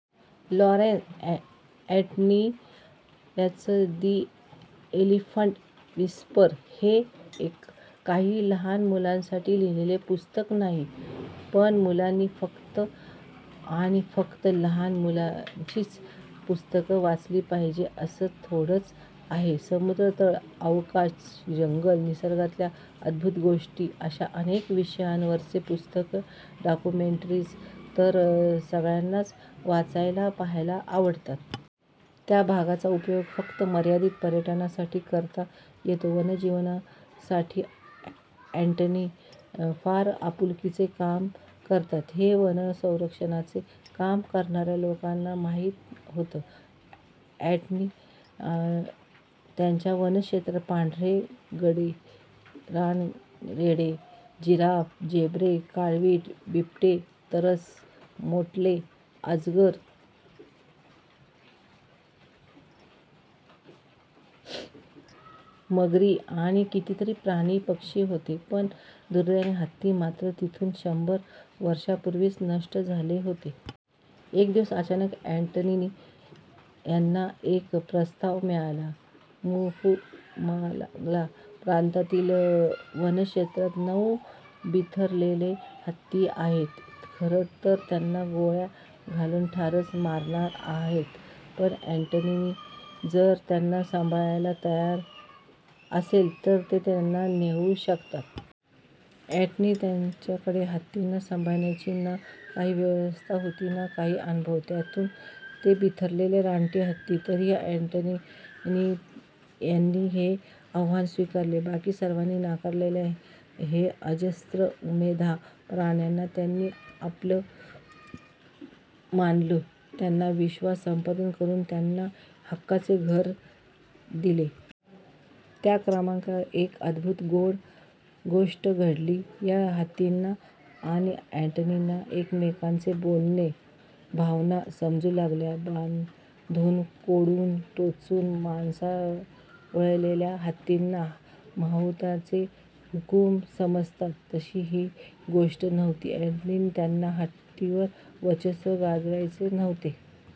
Lawrence Anthony यांचं 'the elephant whisperer' हे काही लहान मुलांसाठी लिहिलेलं पुस्तक नाही. पण मुलांनी, फक्त आणि फक्त लहान मुलांचीच पुस्तकं वाचली पाहिजेत असं थोडंच आहे? समुद्रतळ, अवकाश, जंगलं, निसर्गातल्या अद्भुत गोष्टी अशा अनेक विषयांवरची पुस्तकं, डॉक्युमेंटरीज् तर सगळ्यांनाच वाचायला, पाहायला आवडतात. त्या भागाचा उपयोग फक्त मर्यादित पर्यटनासाठी करता येतो. वन्यजीवांसाठी अँटनी फार आपुलकीने काम करतात, हे वनसंरक्षणाचं काम करणाऱ्या लोकांना माहीत होतं. अँटनी यांच्या वनक्षेत्रात पांढरे गेंडे, रानरेडे, जिराफ, झेब्रे, काळवीट, बिबटे, तरस, मोठाले अजगर, मगरी आणि कितीतरी प्राणी-पक्षी होते, पण दुर्दैवाने हत्ती मात्र तिथून शंभर वर्षांपूर्वीच नष्ट झाले होते. एक दिवस अचानक अँटनी यांना एक प्रस्ताव मिळाला- म्पुमालांगा प्रांतातील वनक्षेत्रात नऊ बिथरलेले हत्ती आहेत, खरं तर त्यांना गोळ्या घालून ठारच मारणार आहेत, पण अँटनी जर त्यांना सांभाळायला तयार असले, तर ते त्यांना नेऊ शकतात! अँटनी यांच्याकडे हत्तींना सांभाळण्याची ना काही व्यवस्था होती, ना काही अनुभव. त्यातून हे बिथरलेले रानटी हत्ती! तरीही अँटनी यांनी हे आव्हान स्वीकारलं. बाकी सर्वांनी नाकारलेल्या या अजस्र, उमद्या प्राण्यांना त्यांनी आपलं मानलं. त्यांचा विश्वास संपादन करून त्यांना हक्काचं घर दिलं. त्या क्रमात एक अद्भुत गोष्ट घडली. या हत्तींना आणि अँटनींना एकमेकांचं बोलणं, भावना समजू लागल्या. बांधून, कोंडून, टोचून 'माणसाळवलेल्या' हत्तींना माहूताचे हुकूम समजतात, तशी ही गोष्ट नव्हती. अँटनी यांना हत्तींवर वर्चस्व गाजवायचं नव्हतं.